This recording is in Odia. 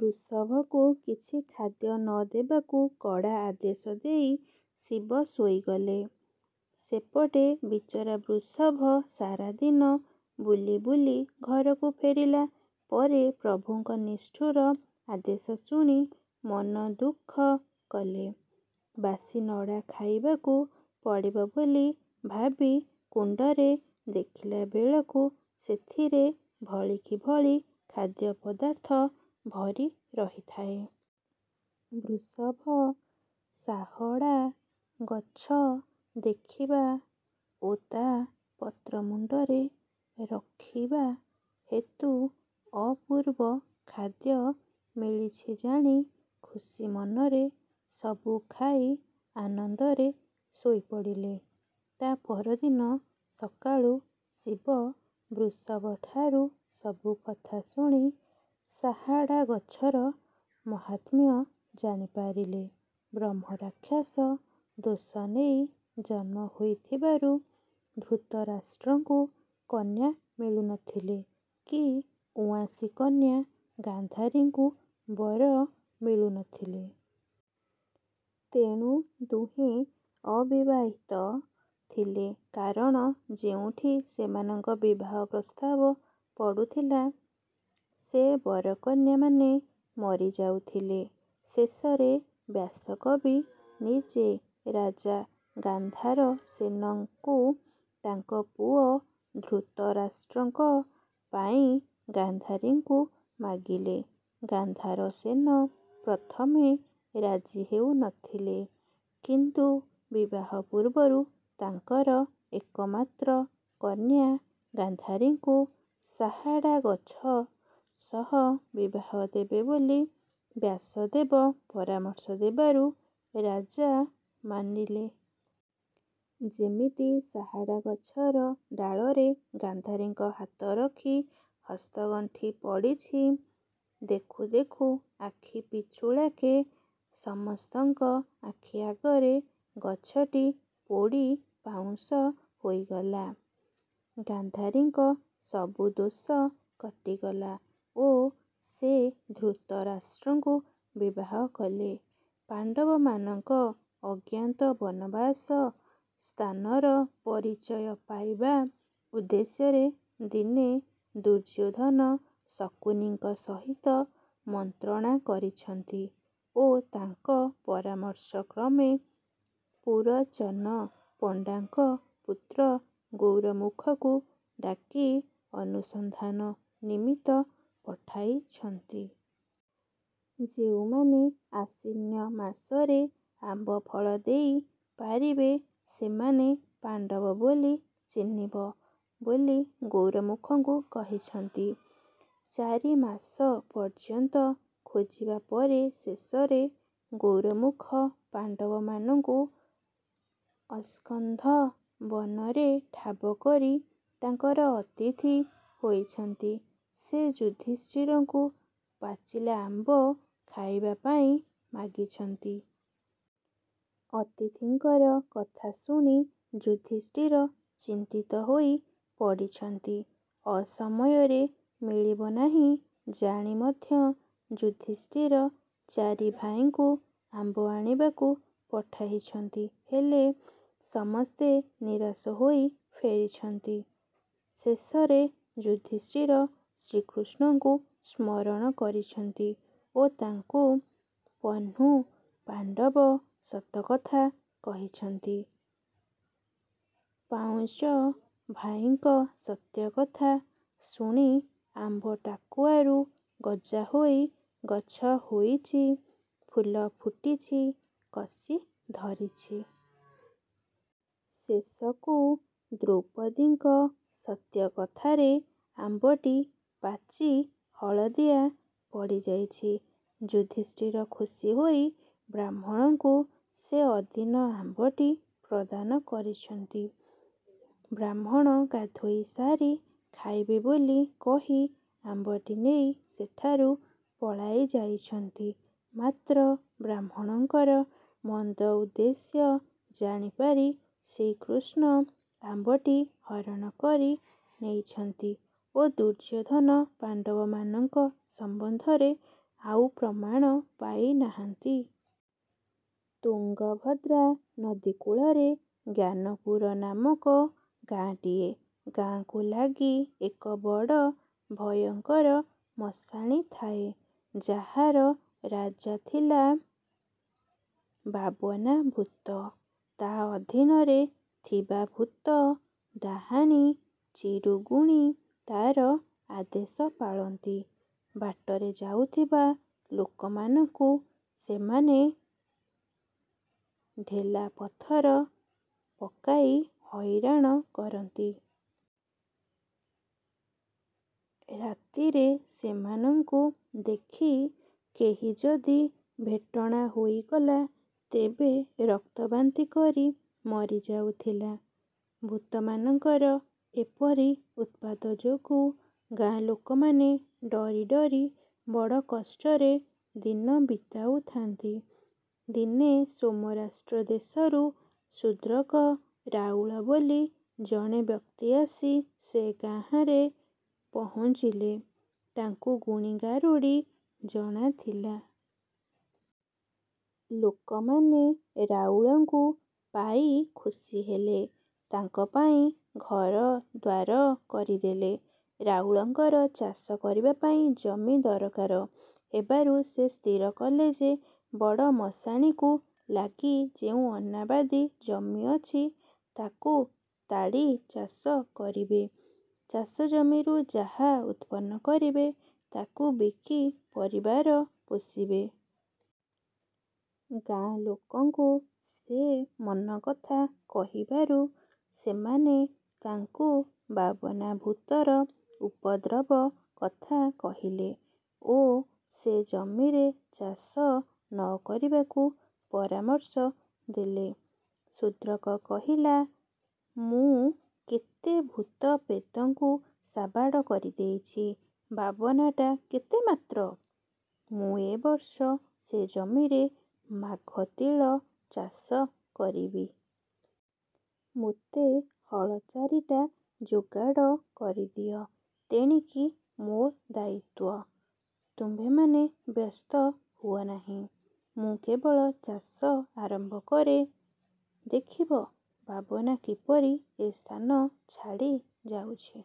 ବୃଷଭକୁ କିଛି ଖାଦ୍ୟ ନ ଦେବାକୁ କଡା ଆଦେଶ ଦେଇ ଶିବ ଶୋଇଗଲେ। ସେପଟେ ବିଚରା ବୃଷଭ ସାରାଦିନ ବୁଲି ବୁଲି ଘରକୁ ଫେରିଲା ପରେ ପ୍ରଭୁଙ୍କ ନିଷ୍ଠୁର ଆଦେଶ ଶୁଣି ମନଦୁଃଖ କଲେ। ବାସିନଡା ଖାଇବାକୁ ପଡିବ ବୋଲି ଭାବି କୁଣ୍ଡରେ ଦେଖିଲା ବେଳକୁ ସେଥିରେ ଭଳିକି ଭଳି ଖାଦ୍ୟପଦାର୍ଥ ଭରି ରହିଥାଏ। ବୃଷଭ ଶାହଡ଼ା ଗଛ ଦେଖିବା ଓ ତା ପତ୍ରମୁଣ୍ଡରେ ରଖିବା ହେତୁ ଅପୁର୍ବ ଖାଦ୍ୟ ମିଳିଛି ଜାଣି ଖୁସି ମନରେ ସବୁ ଖାଇ ଆନନ୍ଦରେ ଶୋଇ ପଡିଲେ। ତା ପରଦିନ ସକାଳୁ ଶିବ ବୃଷଭଠାରୁ ସବୁ କଥା ଶୁଣି ଶାହାଡ଼ାଗଛର ମାହାତ୍ମ୍ୟ ଜାଣିପାରିଲେ। ବ୍ରହ୍ମରାକ୍ଷସ ଦୋଷ ନେଇ ଜନ୍ମ ହୋଇଥିବାରୁ ଧୃତରାଷ୍ଟ୍ରଙ୍କୁ କନ୍ୟା ମିଳୁନଥିଲେ କି ଉଆଁସୀ କନ୍ୟା ଗାନ୍ଧାରୀଙ୍କୁ ବର ମିଳୁନଥିଲେ। ତେଣୁ ଦୁହେଁ ଅବିବାହିତ ଥିଲେ କାରଣ ଯେଉଁଠି ସେମାନଙ୍କ ବିବାହ ପ୍ରସ୍ତାବ ପଡୁଥିଲା, ସେ ବରକନ୍ୟାମାନେ ମରିଯାଉଥିଲେ। ଶେଷରେ ବ୍ୟାସକବି ନିଜେ ରାଜା ଗାନ୍ଧାରସେନଙ୍କୁ ତାଙ୍କ ପୁଅ ଧୃତରାଷ୍ଟ୍ରଙ୍କ ପାଇଁ ଗାନ୍ଧାରୀଙ୍କୁ ମାଗିଲେ। ଗାନ୍ଧାରସେନ ପ୍ରଥମେ ରାଜି ହେଉ ନଥିଲେ, କିନ୍ତୁ ବିବାହ ପୁର୍ବରୁ ତାଙ୍କର ଏକମାତ୍ର କନ୍ୟା ଗାନ୍ଧାରୀଙ୍କୁ ଶାହାଡ଼ାଗଛ ସହ ବିବାହ ଦେବେ ବୋଲି ବ୍ୟାସଦେବ ପରାମର୍ଶ ଦେବାରୁ ରାଜା ମାନିଲେ। ଯେମିତି ଶାହାଡ଼ାଗଛର ଡାଳରେ ଗାନ୍ଧାରୀଙ୍କ ହାତ ରଖି ହସ୍ତଗଣ୍ଠି ପଡିଛି, ଦେଖୁ ଦେଖୁ ଆଖିପିଛୁଳାକେ ସମସ୍ତଙ୍କ ଆଖି ଆଗରେ ଗଛଟି ପୋଡ଼ି ପାଉଁଶ ହୋଇଗଲା। ଗାନ୍ଧାରୀଙ୍କ ସବୁ ଦୋଷ କଟିଗଲା ଓ ସେ ଧୃତରାଷ୍ଟ୍ରଙ୍କୁ ବିବାହ କଲେ। ପାଣ୍ଡବମାନଙ୍କ ଅଜ୍ଞାତ ବନବାସ ସ୍ଥାନର ପରିଚୟ ପାଇବା ଉଦ୍ଦେଶ୍ୟରେ ଦିନେ ଦୁର୍ଯୋଧନ ଶକୁନିଙ୍କ ସହିତ ମନ୍ତ୍ରଣା କରିଛନ୍ତି ଓ ତାଙ୍କ ପରାମର୍ଶକ୍ରମେ ପୁରଚନ ପଣ୍ଡାଙ୍କ ପୁତ୍ର ଗୌରମୁଖକୁ ଡାକି ଅନୁସନ୍ଧାନ ନିମିତ୍ତ ପଠାଇଛନ୍ତି। ଯେଉଁମାନେ ଆଶ୍ୱିନ ମାସରେ ଆମ୍ବଫଳ ଦେଇ ପାରିବେ, ସେମାନେ ପାଣ୍ଡବ ବୋଲି ଚିହ୍ନିବ ବୋଲି ଗୌରମୁଖଙ୍କୁ କହିଛନ୍ତି। ଚାରିମାସ ପର୍ଯନ୍ତ ଖୋଜିବା ପରେ ଶେଷରେ ଗୌରମୁଖ ପାଣ୍ଡବମାନଙ୍କୁ ଅସ୍କନ୍ଧ ବନରେ ଠାବ କରି ତାଙ୍କର ଅତିଥି ହୋଇଛନ୍ତି। ସେ ଯୁଧିଷ୍ଠିରଙ୍କୁ ପାଚିଲା ଆମ୍ବ ଖାଇବା ପାଇଁ ମାଗିଛନ୍ତି। ଅତିଥିଙ୍କର କଥା ଶୁଣି ଯୁଧିଷ୍ଠିର ଚିନ୍ତିତ ହୋଇ ପଡିଛନ୍ତି। ଅସମୟରେ ମିଳିବନାହିଁ ଜାଣି ମଧ୍ୟ ଯୁଧିଷ୍ଠିର ଚାରିଭାଇଙ୍କୁ ଆମ୍ବ ଆଣିବାକୁ ପଠାଇଛନ୍ତି ହେଲେ ସମସ୍ତେ ନିରାଶ ହୋଇ ଫେରିଛନ୍ତି। ଶେଷରେ ଯୁଧିଷ୍ଠିର ଶ୍ରୀକୃଷ୍ନଙ୍କୁ ସ୍ମରଣ କରିଛନ୍ତି ଓ ତାଙ୍କୁ ପନ୍ହୁପାଣ୍ଡବ ସତକଥା କହିଛନ୍ତି। ପାଙ୍ଚଭାଇଙ୍କ ସତ୍ୟକଥା ଶୁଣି ଆମ୍ବ ଟାକୁଆରୁ ଗଜା ହୋଇ ଗଛ ହୋଇଛି, ଫୁଲ ଫୁଟିଛି, କଷି ଧରିଛି। ଶେଷକୁ ଦ୍ରୌପଦୀଙ୍କ ସତ୍ୟକଥାରେ ଆମ୍ବଟି ପାଚି ହଳଦିଆ ପଡିଯାଇଛି। ଯୁଧିଷ୍ଠିର ଖୁସି ହୋଇ ବ୍ରାହ୍ମଣଙ୍କୁ ସେ ଅଦିନ ଆମ୍ବଟି ପ୍ରଦାନ କରିଛନ୍ତି। ବ୍ରାହ୍ମଣ ଗଧୋଇସାରି ଖାଇବେ ବୋଲି କହି ଆମ୍ବଟି ନେଇ ସେଠାରୁ ପଳାଇ ଯାଇଛନ୍ତି। ମାତ୍ର ବ୍ରାହ୍ମଣଙ୍କର ମନ୍ଦ ଉଦ୍ଦେଶ୍ୟ ଜାଣିପାରି ଶ୍ରୀକୃଷ୍ନ ଆମ୍ବଟି ହରଣ କରି ନେଇଛନ୍ତି ଓ ଦୁର୍ଯୋଧନ ପାଣ୍ଡବମାନଙ୍କ ସମ୍ବନ୍ଧରେ ଆଉ ପ୍ରମାଣ ପାଇନାହାନ୍ତି। ତୁଙ୍ଗଭଦ୍ରା ନଦୀ କୁଳରେ ଜ୍ଞାନପୁର ନାମକ ଗାଁଟିଏ। ଗାଁକୁ ଲାଗି ଏକ ବଡ଼ ଭୟଙ୍କର ମଶାଣୀ ଥାଏ, ଯାହାର ରାଜା ଥିଲା ବାବନାଭୁତ। ତା ଅଧୀନରେ ଥିବା ଭୁତ, ଡାହାଣୀ, ଚିରୁଗୁଣୀ ତାର ଆଦେଶ ପାଳନ୍ତି। ବାଟରେ ଯାଉଥିବା ଲୋକମାନଙ୍କୁ ସେମାନେ ଢେଲାପଥର ପକାଇ ହଇରାଣ କରନ୍ତି। ରାତିରେ ସେମାନଙ୍କୁ ଦେଖି କେହି ଯଦି ଭେଟଣା ହୋଇଗଲା, ତେବେ ରକ୍ତବାନ୍ତି କରି ମରି ଯାଉଥିଲା। ଭୁତମାନଙ୍କର ଏପରି ଉତ୍ପାତଯୋଗୁ ଗାଁ ଲୋକମାନେ ଡରିଡରି ବଡ଼ କଷ୍ଟରେ ଦିନ ବିତାଉଥାନ୍ତି। ଦିନେ ସୋମରାଷ୍ଟ୍ର ଦେଶରୁ ଶୁଦ୍ରକ ରାଉଳ ବୋଲି ଜଣେ ବ୍ୟକ୍ତି ଆସି ସେ ଗାଁରେ ପହଙ୍ଚିଲେ, ତାଙ୍କୁ ଗୁଣି ଗାରୁଡି ଜଣାଥିଲା। ଲୋକମାନେ ରାଉଳଙ୍କୁ ପାଇ ଖୁସି ହେଲେ, ତାଙ୍କପାଇଁ ଘରଦ୍ୱାର କରିଦେଲେ। ରାଉଳଙ୍କର ଚାଷ କରିବାପାଇଁ ଜମି ଦରକାର ହେବାରୁ ସେ ସ୍ଥିର କଲେ ଯେ ବଡ଼ ମଶାଣୀକୁ ଲାଗି ଯେଉଁ ଅନାବାଦୀ ଜମି ଅଛି, ତାକୁ ତାଡି ଚାଷ କରିବେ। ଚାଷଜମିରୁ ଯାହା ଉତ୍ପନ୍ନ କରିବେ ତାକୁ ବିକି ପରିବାର ପୋଷିବେ। ଗାଁଲୋକଙ୍କୁ ସେ ମନକଥା କହିବାରୁ ସେମାନେ ତାଙ୍କୁ ବାବନାଭୁତର ଉପଦ୍ରବ କଥା କହିଲେ ଓ ସେ ଜମିରେ ଚାଷ ନ କରିବାକୁ ପରାମର୍ଶ ଦେଲେ। ଶୁଦ୍ରକ କହିଲା "ମୁଁ କେତେ ଭୁତ ପ୍ରେତଙ୍କୁ ସାବାଡ଼ କରିଦେଇଚି, ବାବନାଟା କେତେ ମାତ୍ର! ମୁଁ ଏବର୍ଷ ସେ ଜମିରେ ମାଘତିଳ ଚାଷ କରିବି। ମୋତେ ହଳ ଚାରିଟା ଯୋଗାଡ଼ କରିଦିଅ। ତେଣିକି ମୋ ଦାୟିତ୍ୱ। ତୁମେମାନେ ବ୍ୟସ୍ତ ହୁଅନାହିଁ। ମୁଁ କେବଳ ଚାଷ ଆରମ୍ଭ କରେ, ଦେଖିବ ବାବନା କିପରି ଏ ସ୍ଥାନ ଛାଡ଼ିଯାଉଛି।